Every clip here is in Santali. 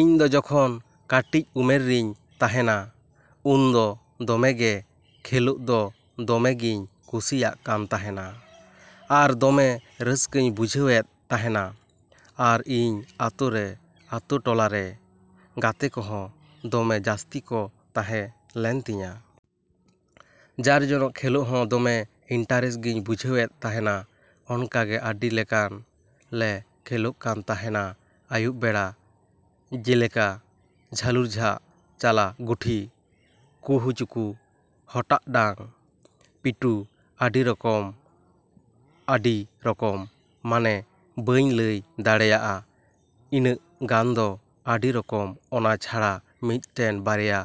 ᱤᱧ ᱫᱚ ᱡᱚᱠᱷᱚᱱ ᱠᱟᱹᱴᱤᱡ ᱩᱢᱮᱨᱤᱧ ᱛᱟᱦᱮᱱᱟ, ᱩᱱᱫᱚ ᱫᱚᱢᱮ ᱜᱮ ᱠᱷᱮᱞᱳᱜ ᱫᱚ ᱫᱚᱢᱮ ᱜᱤᱧ ᱠᱩᱥᱤᱭᱟᱜ ᱠᱟᱱ ᱛᱟᱦᱮᱱᱟ᱾ ᱟᱨ ᱫᱚᱢᱮ ᱨᱟᱹᱥᱠᱟᱹᱧ ᱵᱩᱡᱷᱟᱹᱣᱮᱫ ᱛᱟᱦᱮᱱᱟ᱾ ᱟᱨ ᱤᱧ ᱟᱛᱳ ᱨᱮ, ᱟᱛᱳᱼᱴᱚᱞᱟ ᱨᱮ ᱜᱟᱛᱮ ᱠᱚᱦᱚᱸ ᱫᱚᱢᱮ ᱡᱟᱹᱥᱛᱤ ᱠᱚ ᱛᱟᱦᱮᱸ ᱞᱮᱱ ᱛᱤᱧᱟ᱾ ᱡᱟᱨ ᱡᱚᱱᱚ ᱠᱷᱮᱞᱳᱜ ᱦᱚᱸ ᱫᱚᱢᱮ ᱤᱱᱴᱟᱨᱮᱥᱴ ᱜᱤᱧ ᱵᱩᱡᱷᱟᱹᱣᱮᱫ ᱛᱟᱦᱮᱱᱟ᱾ ᱚᱱᱠᱟᱜᱮ ᱟᱹᱰᱤ ᱞᱮᱠᱟᱱ ᱞᱮ ᱠᱷᱮᱞᱳᱜ ᱠᱟᱱ ᱛᱟᱦᱮᱱᱟ ᱟᱭᱩᱵ ᱵᱮᱲᱟ᱾ ᱡᱮᱞᱮᱠᱟ ᱡᱷᱟᱹᱞᱩᱨ ᱡᱷᱟᱜ, ᱪᱟᱞᱟ ᱜᱩᱴᱷᱤ, ᱠᱩᱦᱩᱼᱪᱩᱠᱩ, ᱦᱚᱴᱟᱜ ᱰᱟᱝ, ᱯᱤᱴᱩ, ᱟᱹᱰᱤ ᱨᱚᱠᱚᱢᱼᱟᱹᱰᱤ ᱨᱚᱠᱚᱢ, ᱢᱟᱱᱮ ᱵᱟᱹᱧ ᱞᱟᱹᱭ ᱫᱟᱲᱮᱭᱟᱜᱼᱟ ᱤᱱᱟᱹᱜ ᱜᱟᱱ ᱫᱚ ᱟᱹᱰᱤ ᱨᱚᱠᱚᱢ ᱚᱱᱟ ᱪᱷᱟᱲᱟ ᱢᱤᱫᱴᱮᱱ ᱵᱟᱨᱭᱟ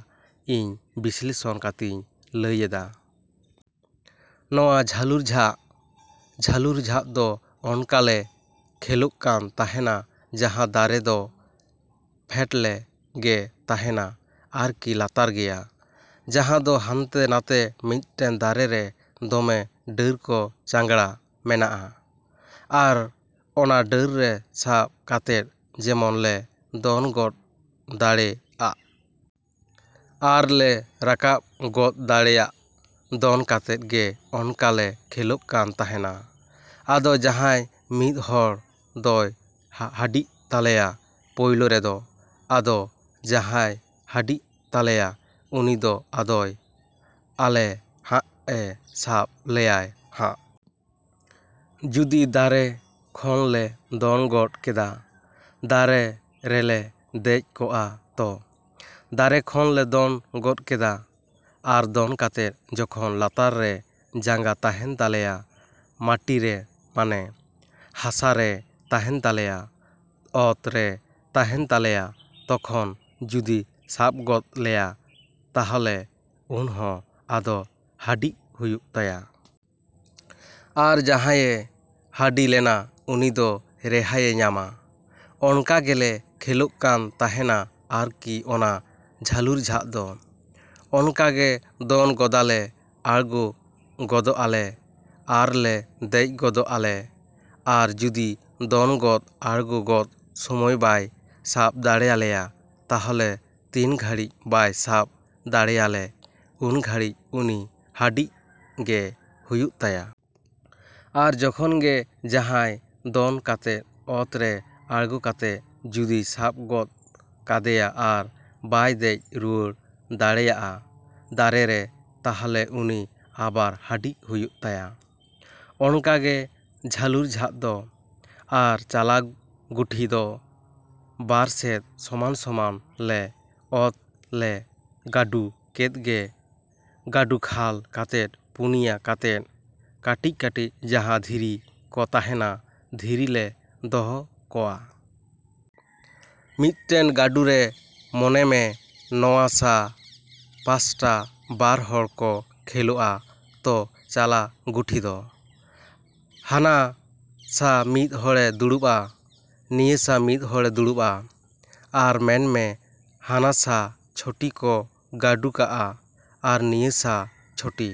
ᱤᱧ ᱵᱤᱥᱞᱮᱥᱚᱱ ᱠᱟᱛᱮᱧ ᱞᱟᱹᱭᱮᱫᱟ᱾ ᱱᱚᱣᱟ ᱡᱷᱟᱹᱞᱩᱨ ᱡᱷᱟᱜ, ᱡᱷᱟᱹᱞᱩᱨ ᱡᱷᱟᱜ ᱫᱚ ᱚᱱᱠᱟ ᱞᱮ ᱠᱷᱮᱞᱳᱜ ᱠᱟᱱ ᱛᱟᱦᱮᱱᱟ ᱡᱟᱦᱟᱸ ᱫᱟᱨᱮ ᱫᱚ ᱯᱷᱮᱴᱞᱮ ᱜᱮ ᱛᱟᱦᱮᱱᱟ ᱟᱨᱠᱤ ᱞᱟᱛᱟᱨ ᱜᱮᱭᱟ᱾ ᱡᱟᱦᱟᱸ ᱫᱚ ᱦᱟᱱᱛᱮ ᱱᱟᱛᱮ ᱢᱤᱫᱴᱮᱱ ᱫᱟᱨᱮ ᱨᱮ ᱫᱚᱢᱮ ᱰᱟᱹᱨ ᱠᱚ ᱪᱟᱝᱜᱽᱲᱟ ᱢᱮᱱᱟᱜᱼᱟ᱾ ᱟᱨ ᱚᱱᱟ ᱰᱟᱹᱨ ᱨᱮ ᱥᱟᱵ ᱠᱟᱛᱮᱫ ᱡᱮᱢᱚᱱ ᱞᱮ ᱫᱚᱱ ᱜᱚᱫ ᱫᱟᱲᱮᱜᱼᱟ᱾ ᱟᱨ ᱞᱮ ᱨᱟᱠᱟᱵ ᱜᱚᱫ ᱫᱟᱲᱮᱜᱼᱟ ᱫᱚᱱ ᱠᱟᱛᱮᱫ ᱜᱮ ᱚᱱᱠᱟ ᱞᱮ ᱠᱷᱮᱞᱳᱜ ᱠᱟᱱ ᱛᱟᱦᱮᱱᱟ᱾ ᱟᱫᱚ ᱡᱟᱦᱟᱸᱭ ᱢᱤᱫ ᱦᱚᱲ ᱫᱚᱭ ᱦᱟᱹᱰᱤᱜ ᱛᱟᱞᱮᱭᱟ ᱯᱳᱭᱞᱳ ᱨᱮᱫᱚ᱾ ᱟᱫᱚ ᱡᱟᱦᱟᱸᱭ ᱦᱟᱹᱰᱤᱜ ᱛᱟᱞᱮᱭᱟᱭ ᱩᱱᱤ ᱫᱚ ᱟᱫᱚᱭ ᱟᱞᱮ ᱦᱟᱸᱜᱼᱮ ᱥᱟᱵ ᱞᱮᱭᱟᱭ ᱦᱟᱸᱜ᱾ ᱡᱩᱫᱤ ᱫᱟᱨᱮ ᱠᱷᱚᱱ ᱞᱮ ᱫᱚᱱ ᱜᱚᱫ ᱠᱮᱫᱟ, ᱫᱟᱨᱮ ᱨᱮᱞᱮ ᱫᱮᱡ ᱠᱚᱜᱼᱟ ᱛᱚ, ᱫᱟᱨᱮ ᱠᱷᱚᱱ ᱞᱮ ᱫᱚᱱ ᱜᱚᱫ ᱠᱮᱫᱟ᱾ ᱟᱨ ᱫᱚᱱ ᱠᱟᱛᱮ ᱡᱚᱠᱷᱚᱱ ᱞᱟᱛᱟᱨ ᱨᱮ ᱡᱟᱸᱜᱟ ᱛᱟᱦᱮᱱ ᱛᱟᱞᱮᱭᱟ, ᱢᱟᱴᱤ ᱨᱮ ᱢᱟᱱᱮ, ᱦᱟᱥᱟ ᱨᱮ ᱛᱟᱦᱮᱱ ᱛᱟᱞᱮᱭᱟ, ᱚᱛ ᱨᱮ ᱛᱟᱦᱮᱱ ᱛᱟᱞᱮᱭᱟ ᱛᱚᱠᱷᱚᱱ ᱡᱩᱫᱤ ᱥᱟᱵ ᱜᱚᱫ ᱞᱮᱭᱟ ᱛᱟᱦᱞᱮ ᱩᱱᱦᱚ ᱟᱫᱚ ᱦᱟᱹᱰᱤᱜ ᱦᱩᱭᱩᱜ ᱛᱟᱭᱟ᱾ ᱟᱨ ᱡᱟᱦᱟᱸᱭᱮ ᱦᱟᱹᱰᱤ ᱞᱮᱱᱟ ᱩᱱᱤ ᱫᱚ ᱨᱮᱦᱟᱭᱮ ᱧᱟᱢᱟ, ᱚᱱᱠᱟ ᱜᱮᱞᱮ ᱠᱷᱮᱞᱳᱜ ᱠᱟᱱ ᱛᱟᱦᱮᱱᱟ ᱟᱨᱠᱤ ᱚᱱᱟ ᱡᱷᱟᱹᱞᱩᱨ ᱡᱷᱟᱜ ᱫᱚ᱾ ᱚᱱᱠᱟ ᱜᱮ ᱫᱚᱱ ᱜᱚᱫᱟᱞᱮ ᱟᱲᱜᱳ ᱜᱚᱫᱚᱜᱼᱟᱞᱮ ᱟᱨ ᱞᱮ ᱫᱮᱡ ᱜᱚᱫᱚᱜᱼᱟᱞᱮ᱾ ᱟᱨ ᱡᱩᱫᱤ ᱫᱚᱱ ᱜᱚᱫ ᱟᱲᱜᱳ ᱜᱚᱫ ᱥᱚᱢᱚᱭ ᱵᱟᱭ ᱥᱟᱵ ᱫᱟᱲᱮᱭᱟᱞᱮᱭᱟ ᱛᱟᱦᱞᱮ ᱛᱤᱱ ᱜᱷᱟᱹᱲᱤᱡ ᱵᱟᱭ ᱥᱟᱵ ᱫᱟᱲᱮᱭᱟᱞᱮ ᱩᱱ ᱜᱷᱟᱹᱲᱤᱡ ᱩᱱᱤ ᱦᱟᱹᱰᱤᱜ ᱜᱮ ᱦᱩᱭᱩᱜ ᱛᱟᱭᱟ᱾ ᱟᱨ ᱡᱚᱠᱷᱚᱱ ᱜᱮ ᱡᱟᱦᱟᱸᱭ ᱫᱚᱱ ᱠᱟᱛᱮ ᱚᱛ ᱨᱮ ᱟᱲᱜᱳ ᱠᱟᱛᱮ ᱡᱩᱫᱤᱭ ᱥᱟᱵ ᱜᱚᱫ ᱠᱟᱫᱮᱭᱟ ᱟᱨ ᱵᱟᱭ ᱫᱮᱡ ᱨᱩᱣᱟᱹᱲ ᱫᱟᱲᱮᱭᱟᱜᱼᱟ ᱫᱟᱨᱮ ᱨᱮ ᱛᱟᱦᱞᱮ ᱩᱱᱤ ᱟᱵᱟᱨ ᱦᱟᱹᱰᱤᱜ ᱦᱩᱭᱩᱜ ᱛᱟᱭᱟ᱾ ᱚᱱᱠᱟ ᱜᱮ ᱡᱷᱟᱹᱞᱩᱨ ᱡᱷᱟᱜ ᱫᱚ᱾ ᱟᱨ ᱪᱟᱞᱟ ᱜᱩᱴᱷᱤ ᱫᱚ ᱵᱟᱨ ᱥᱮᱫ ᱥᱚᱢᱟᱱᱼᱥᱚᱢᱟᱱ ᱞᱮ ᱚᱛ ᱞᱮ ᱜᱟᱹᱰᱩ ᱠᱮᱫ ᱜᱮ, ᱜᱟᱹᱰᱩ ᱠᱷᱟᱞ ᱠᱟᱛᱮ ᱯᱩᱱᱭᱟ ᱠᱟᱛᱮᱫ ᱠᱟᱹᱴᱤᱡᱼᱠᱟᱹᱴᱤᱡ ᱡᱟᱦᱟᱸ ᱫᱷᱤᱨᱤ ᱠᱚ ᱛᱟᱦᱮᱱᱟ, ᱫᱷᱤᱨᱤ ᱞᱮ ᱫᱚᱦᱚ ᱠᱚᱣᱟ᱾ ᱢᱤᱫᱴᱮᱱ ᱜᱟᱹᱰᱩ ᱨᱮ ᱢᱚᱱᱮ ᱢᱮ ᱱᱚᱣᱟ ᱥᱟ ᱯᱟᱥᱴᱟ ᱵᱟᱨ ᱦᱚᱲ ᱠᱚ ᱠᱷᱮᱞᱳᱜᱼᱟ ᱛᱚ ᱪᱟᱞᱟ ᱜᱩᱴᱷᱤ ᱫᱚ᱾ ᱦᱟᱱᱟ ᱥᱟ ᱢᱤᱫ ᱦᱚᱲᱮ ᱫᱩᱲᱩᱵᱼᱟ, ᱱᱤᱭᱟᱹ ᱥᱟ ᱢᱤᱫ ᱦᱚᱲᱮ ᱫᱩᱲᱩᱵᱼᱟ᱾ ᱟᱨ ᱢᱮᱱᱢᱮ ᱦᱟᱱᱟ ᱥᱟ ᱪᱷᱚᱴᱤ ᱠᱚ ᱜᱟᱹᱰᱩ ᱠᱟᱜᱼᱟ ᱟᱨ ᱱᱤᱭᱟᱹ ᱥᱟ ᱪᱷᱚᱴᱤ᱾